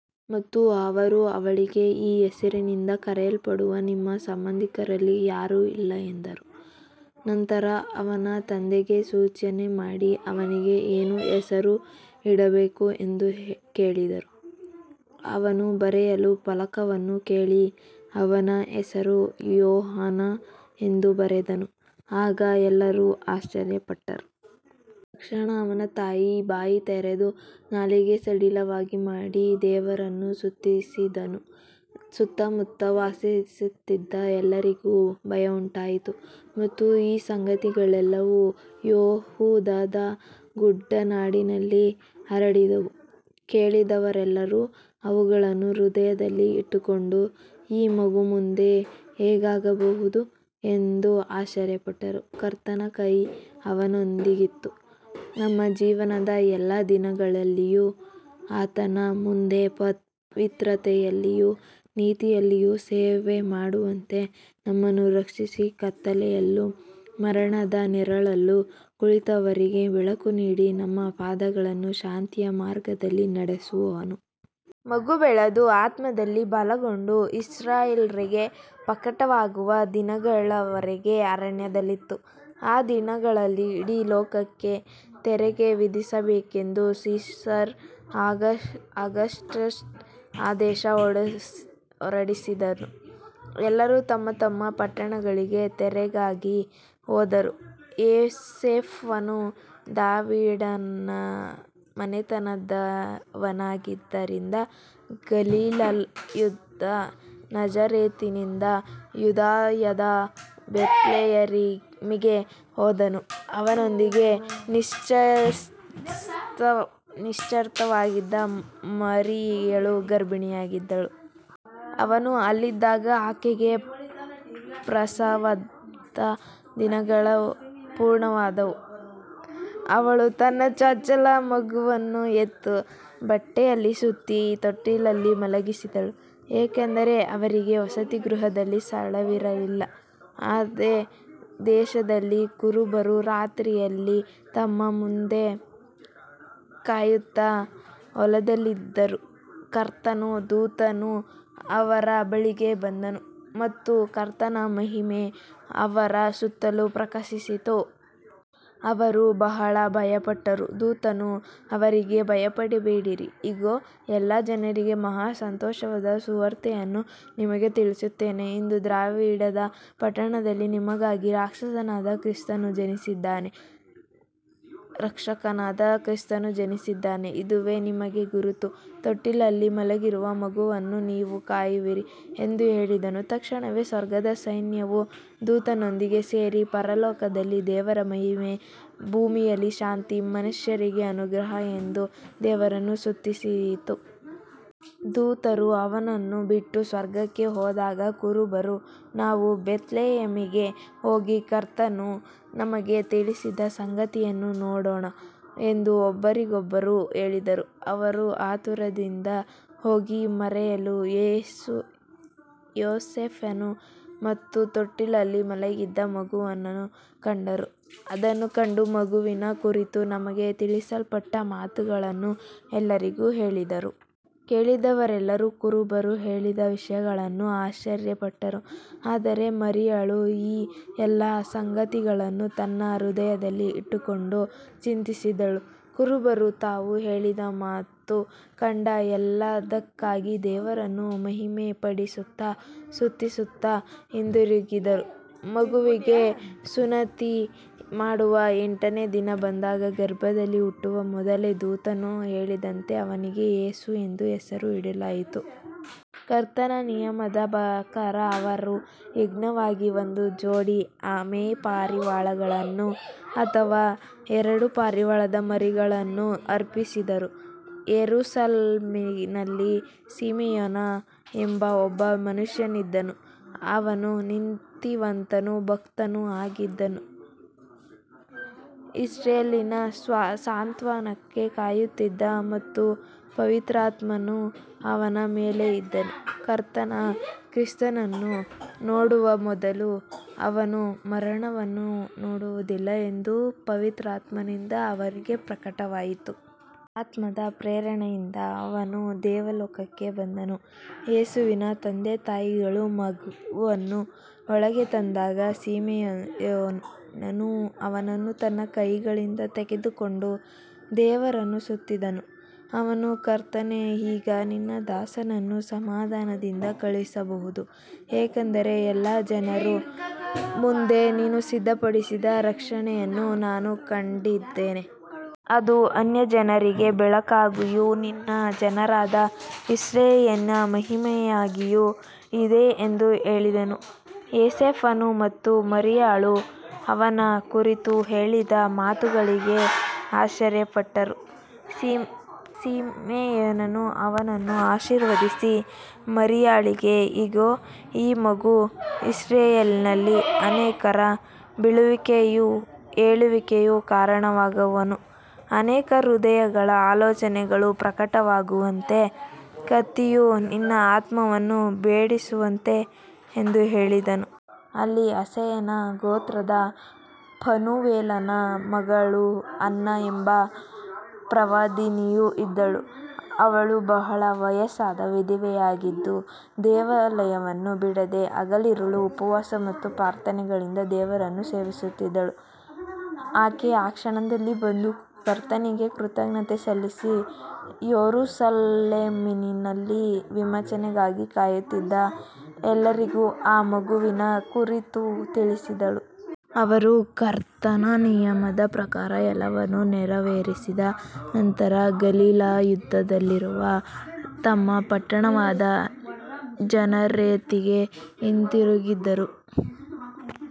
ಮತ್ತು ಅವರು ಅವಳಿಗೆ, ಈ ಹೆಸರಿನಿಂದ ಕರೆಯಲ್ಪಡುವ ನಿಮ್ಮ ಸಂಬಂಧಿಕರಲ್ಲಿ ಯಾರೂ ಇಲ್ಲ ಎಂದರು. ನಂತರ ಅವನ ತಂದೆಗೆ ಸೂಚನೆ ಮಾಡಿ, ಅವನಿಗೆ ಏನು ಹೆಸರು ಇಡಬೇಕು ಎಂದು ಕೇಳಿದರು. ಅವನು ಬರೆಯಲು ಫಲಕವನ್ನು ಕೇಳಿ, ಅವನ ಹೆಸರು ಯೋಹಾನ ಎಂದು ಬರೆದನು. ಆಗ ಎಲ್ಲರೂ ಆಶ್ಚರ್ಯಪಟ್ಟರು. ತಕ್ಷಣ ಅವನ ಬಾಯಿ ತೆರೆದು ನಾಲಿಗೆ ಸಡಿಲವಾಗಿ ಮಾತಾಡಿ ದೇವರನ್ನು ಸ್ತುತಿಸಿದನು. ಸುತ್ತಮುತ್ತ ವಾಸಿಸುತ್ತಿದ್ದ ಎಲ್ಲರಿಗೂ ಭಯವುಂಟಾಯಿತು ಮತ್ತು ಈ ಸಂಗತಿಗಳೆಲ್ಲವೂ ಯೆಹೂದದ ಗುಡ್ಡನಾಡಿನಲ್ಲಿ ಹರಡಿದವು. ಕೇಳಿದವರೆಲ್ಲರೂ ಅವುಗಳನ್ನು ಹೃದಯದಲ್ಲಿ ಇಟ್ಟುಕೊಂಡು, ಈ ಮಗು ಮುಂದೆ ಹೇಗಾಗಬಹುದು ಎಂದು ಆಶ್ಚರ್ಯಪಟ್ಟರು. ಕರ್ತನ ಕೈ ಅವನೊಂದಿಗಿತ್ತು. ನಮ್ಮ ಜೀವನದ ಎಲ್ಲಾ ದಿನಗಳಲ್ಲೂ ಆತನ ಮುಂದೆ ಪವಿತ್ರತೆಯಲ್ಲಿಯೂ ನೀತಿಯಲ್ಲಿಯೂ ಸೇವೆಮಾಡುವಂತೆ ನಮ್ಮನ್ನು ರಕ್ಷಿಸಿ, ಕತ್ತಲೆಯಲ್ಲೂ ಮರಣದ ನೆರಳಲ್ಲೂ ಕುಳಿತವರಿಗೆ ಬೆಳಕು ನೀಡಿ, ನಮ್ಮ ಪಾದಗಳನ್ನು ಶಾಂತಿಯ ಮಾರ್ಗದಲ್ಲಿ ನಡೆಸುವನು. ಮಗು ಬೆಳೆದು ಆತ್ಮದಲ್ಲಿ ಬಲಗೊಂಡು, ಇಸ್ರಾಯೇಲ್ಯರಿಗೆ ಪ್ರಕಟವಾಗುವ ದಿನದವರೆಗೆ ಅರಣ್ಯದಲ್ಲಿತ್ತು. ಆ ದಿನಗಳಲ್ಲಿ ಇಡೀ ಲೋಕಕ್ಕೆ ತೆರಿಗೆ ವಿಧಿಸಬೇಕೆಂದು ಸೀಸರ್ ಅಗಸ್ಟಸ್ ಆದೇಶ ಹೊರಡಿಸಿದನು. ಎಲ್ಲರೂ ತಮ್ಮ ತಮ್ಮ ಪಟ್ಟಣಗಳಿಗೆ ತೆರಿಗೆಗಾಗಿ ಹೋದರು. ಯೋಸೇಫನು ದಾವೀದನ ಮನೆತನದವನಾಗಿದ್ದರಿಂದ ಗಲಿಲಾಯದ ನಜರೇತಿನಿಂದ ಯೂದಾಯದ ಬೆತ್ಲೆಹೇಮಿಗೆ ಹೋದನು. ಅವನೊಂದಿಗೆ ನಿಶ್ಚಿತಾರ್ಥವಾಗಿದ್ದ ಮರಿಯಳು ಗರ್ಭಿಣಿಯಾಗಿದ್ದಳು. ಅವರು ಅಲ್ಲಿದ್ದಾಗ ಆಕೆಗೆ ಪ್ರಸವದ ದಿನಗಳು ಪೂರ್ಣವಾದವು. ಅವಳು ತನ್ನ ಚೊಚ್ಚಲ ಮಗನನ್ನು ಹೆತ್ತು, ಬಟ್ಟೆಯಲ್ಲಿ ಸುತ್ತಿ ತೊಟ್ಟಿಯಲ್ಲಿ ಮಲಗಿಸಿದಳು, ಏಕೆಂದರೆ ಅವರಿಗೆ ವಸತಿಗೃಹದಲ್ಲಿ ಸ್ಥಳವಿರಲಿಲ್ಲ. ಅದೇ ದೇಶದಲ್ಲಿ ಕುರುಬರು ರಾತ್ರಿಯಲ್ಲಿ ತಮ್ಮ ಮಂದೆಯನ್ನು ಕಾಯುತ್ತಾ ಹೊಲದಲ್ಲಿದ್ದರು. ಕರ್ತನ ದೂತನು ಅವರ ಬಳಿಗೆ ಬಂದನು ಮತ್ತು ಕರ್ತನ ಮಹಿಮೆ ಅವರ ಸುತ್ತಲೂ ಪ್ರಕಾಶಿಸಿತು. ಅವರು ಬಹಳ ಭಯಪಟ್ಟರು. ದೂತನು ಅವರಿಗೆ, ಭಯಪಡಬೇಡಿರಿ, ಇಗೋ, ಎಲ್ಲಾ ಜನರಿಗೆ ಮಹಾ ಸಂತೋಷದ ಸುವಾರ್ತೆಯನ್ನು ನಿಮಗೆ ತಿಳಿಸುತ್ತೇನೆ. ಇಂದು ದಾವೀದನ ಪಟ್ಟಣದಲ್ಲಿ ನಿಮಗಾಗಿ ರಕ್ಷಕನಾದ ಕ್ರಿಸ್ತನು ಜನಿಸಿದ್ದಾನೆ. ಇದುವೇ ನಿಮಗೆ ಗುರುತು, ತೊಟ್ಟಿಯಲ್ಲಿ ಮಲಗಿರುವ ಮಗುವನ್ನು ನೀವು ಕಾಣುವಿರಿ ಎಂದು ಹೇಳಿದನು. ತಕ್ಷಣವೇ ಸ್ವರ್ಗದ ಸೈನ್ಯವು ದೂತನೊಂದಿಗೆ ಸೇರಿ, ಪರಲೋಕದಲ್ಲಿ ದೇವರಿಗೆ ಮಹಿಮೆ, ಭೂಮಿಯಲ್ಲಿ ಶಾಂತಿ, ಮನುಷ್ಯರಿಗೆ ಅನುಗ್ರಹ ಎಂದು ದೇವರನ್ನು ಸ್ತುತಿಸಿತು. ದೂತರು ಅವರನ್ನು ಬಿಟ್ಟು ಸ್ವರ್ಗಕ್ಕೆ ಹೋದಾಗ ಕುರುಬರು, ನಾವು ಬೆತ್ಲೆಹೇಮಿಗೆ ಹೋಗಿ ಕರ್ತನು ನಮಗೆ ತಿಳಿಸಿದ ಸಂಗತಿಯನ್ನು ನೋಡೋಣ ಎಂದು ಒಬ್ಬರಿಗೊಬ್ಬರು ಹೇಳಿದರು. ಅವರು ಆತುರದಿಂದ ಹೋಗಿ ಮರಿಯಳು, ಯೋಸೇಫನು ಮತ್ತು ತೊಟ್ಟಿಯಲ್ಲಿ ಮಲಗಿದ್ದ ಮಗುವನ್ನು ಕಂಡರು. ಅದನ್ನು ಕಂಡು ಮಗುವಿನ ಕುರಿತು ತಮಗೆ ತಿಳಿಸಲ್ಪಟ್ಟ ಮಾತುಗಳನ್ನು ಎಲ್ಲರಿಗೂ ಹೇಳಿದರು. ಕೇಳಿದವರೆಲ್ಲರೂ ಕುರುಬರು ಹೇಳಿದ ವಿಷಯಗಳಿಗೆ ಆಶ್ಚರ್ಯಪಟ್ಟರು. ಆದರೆ ಮರಿಯಳು ಈ ಎಲ್ಲಾ ಸಂಗತಿಗಳನ್ನು ತನ್ನ ಹೃದಯದಲ್ಲಿ ಇಟ್ಟುಕೊಂಡು ಚಿಂತಿಸುತ್ತಿದ್ದಳು. ಕುರುಬರು ತಾವು ಕೇಳಿದ ಮತ್ತು ಕಂಡ ಎಲ್ಲದಕ್ಕಾಗಿ ದೇವರನ್ನು ಮಹಿಮೆಪಡಿಸುತ್ತಾ ಸ್ತುತಿಸುತ್ತಾ ಹಿಂದಿರುಗಿದರು. ಮಗುವಿಗೆ ಸುನ್ನತಿ ಮಾಡುವ ಎಂಟನೇ ದಿನ ಬಂದಾಗ, ಗರ್ಭದಲ್ಲಿ ಹುಟ್ಟುವ ಮೊದಲೇ ದೂತನು ಹೇಳಿದಂತೆ ಅವನಿಗೆ ಯೇಸು ಎಂದು ಹೆಸರು ಇಡಲಾಯಿತು. ಕರ್ತನ ನಿಯಮದ ಪ್ರಕಾರ ಅವರು ಯಜ್ಞವಾಗಿ ಒಂದು ಜೋಡಿ ಆಮೆಪಾರಿವಾಳಗಳನ್ನು ಅಥವಾ ಎರಡು ಪಾರಿವಾಳದ ಮರಿಗಳನ್ನು ಅರ್ಪಿಸಿದರು. ಯೆರೂಸಲೇಮಿನಲ್ಲಿ ಸಿಮೆಯೋನ ಎಂಬ ಒಬ್ಬ ಮನುಷ್ಯನಿದ್ದನು. ಅವನು ನೀತಿವಂತನೂ ಭಕ್ತನೂ ಆಗಿದ್ದು, ಇಸ್ರಾಯೇಲಿನ ಸಾಂತ್ವನಕ್ಕಾಗಿ ಕಾಯುತ್ತಿದ್ದನು ಮತ್ತು ಪವಿತ್ರಾತ್ಮನು ಅವನ ಮೇಲೆ ಇದ್ದನು. ಕರ್ತನ ಕ್ರಿಸ್ತನನ್ನು ನೋಡುವ ಮೊದಲು ಅವನು ಮರಣವನ್ನು ನೋಡುವುದಿಲ್ಲ ಎಂದು ಪವಿತ್ರಾತ್ಮದಿಂದ ಅವನಿಗೆ ಪ್ರಕಟವಾಗಿತ್ತು. ಆತ್ಮದ ಪ್ರೇರಣೆಯಿಂದ ಅವನು ದೇವಾಲಯಕ್ಕೆ ಬಂದನು. ಯೇಸುವಿನ ತಂದೆತಾಯಿಗಳು ಮಗುವನ್ನು ಒಳಗೆ ತಂದಾಗ ಸಿಮೆಯೋನನು ಅವನನ್ನು ತನ್ನ ಕೈಗಳಲ್ಲಿ ತೆಗೆದುಕೊಂಡು ದೇವರನ್ನು ಸ್ತುತಿಸಿದನು. ಅವನು, ಕರ್ತನೇ, ಈಗ ನಿನ್ನ ದಾಸನನ್ನು ಸಮಾಧಾನದಿಂದ ಕಳುಹಿಸಬಹುದು, ಏಕೆಂದರೆ ಎಲ್ಲಾ ಜನರ ಮುಂದೆ ನೀನು ಸಿದ್ಧಪಡಿಸಿದ ರಕ್ಷಣೆಯನ್ನು ನಾನು ಕಂಡಿದ್ದೇನೆ. ಅದು ಅನ್ಯಜನರಿಗೆ ಬೆಳಕಾಗಿಯೂ ನಿನ್ನ ಜನರಾದ ಇಸ್ರಾಯೇಲಿನ ಮಹಿಮೆಯಾಗಿಯೂ ಇದೆ ಎಂದು ಹೇಳಿದನು. ಯೋಸೇಫನು ಮತ್ತು ಮರಿಯಳು ಅವನ ಕುರಿತು ಹೇಳಿದ ಮಾತುಗಳಿಗೆ ಆಶ್ಚರ್ಯಪಟ್ಟರು. ಸಿಮೆಯೋನನು ಅವರನ್ನು ಆಶೀರ್ವದಿಸಿ ಮರಿಯಳಿಗೆ, ಇಗೋ, ಈ ಮಗು ಇಸ್ರಾಯೇಲಿನಲ್ಲಿ ಅನೇಕರ ಬೀಳುವಿಕೆಗೂ ಏಳುವಿಕೆಗೂ ಕಾರಣವಾಗುವನು. ಅನೇಕ ಹೃದಯಗಳ ಆಲೋಚನೆಗಳು ಪ್ರಕಟವಾಗುವಂತೆ ಕತ್ತಿಯು ನಿನ್ನ ಆತ್ಮವನ್ನೂ ಭೇದಿಸುವುದು ಎಂದು ಹೇಳಿದನು. ಅಲ್ಲಿ ಆಶೇರನ ಗೋತ್ರದ ಫನೂವೇಲನ ಮಗಳು ಅನ್ನ ಎಂಬ ಪ್ರವಾದಿನಿಯೂ ಇದ್ದಳು. ಅವಳು ಬಹಳ ವಯಸ್ಸಾದ ವಿಧವೆಯಾಗಿದ್ದು, ದೇವಾಲಯವನ್ನು ಬಿಡದೆ ಹಗಲಿರುಳು ಉಪವಾಸ ಮತ್ತು ಪ್ರಾರ್ಥನೆಗಳಿಂದ ದೇವರನ್ನು ಸೇವಿಸುತ್ತಿದ್ದಳು. ಆಕೆ ಆ ಕ್ಷಣದಲ್ಲಿ ಬಂದು ಕರ್ತನಿಗೆ ಕೃತಜ್ಞತೆ ಸಲ್ಲಿಸಿ, ಯೆರೂಸಲೇಮಿನಲ್ಲಿ ವಿಮೋಚನೆಗಾಗಿ ಕಾಯುತ್ತಿದ್ದ ಎಲ್ಲರಿಗೂ ಆ ಮಗುವಿನ ಕುರಿತು ತಿಳಿಸಿದಳು. ಅವರು ಕರ್ತನ ನಿಯಮದ ಪ್ರಕಾರ ಎಲ್ಲವನ್ನೂ ನೆರವೇರಿಸಿದ ನಂತರ ಗಲಿಲಾಯದಲ್ಲಿರುವ ತಮ್ಮ ಪಟ್ಟಣವಾದ ನಜರೇತಿಗೆ ಹಿಂದಿರುಗಿದರು.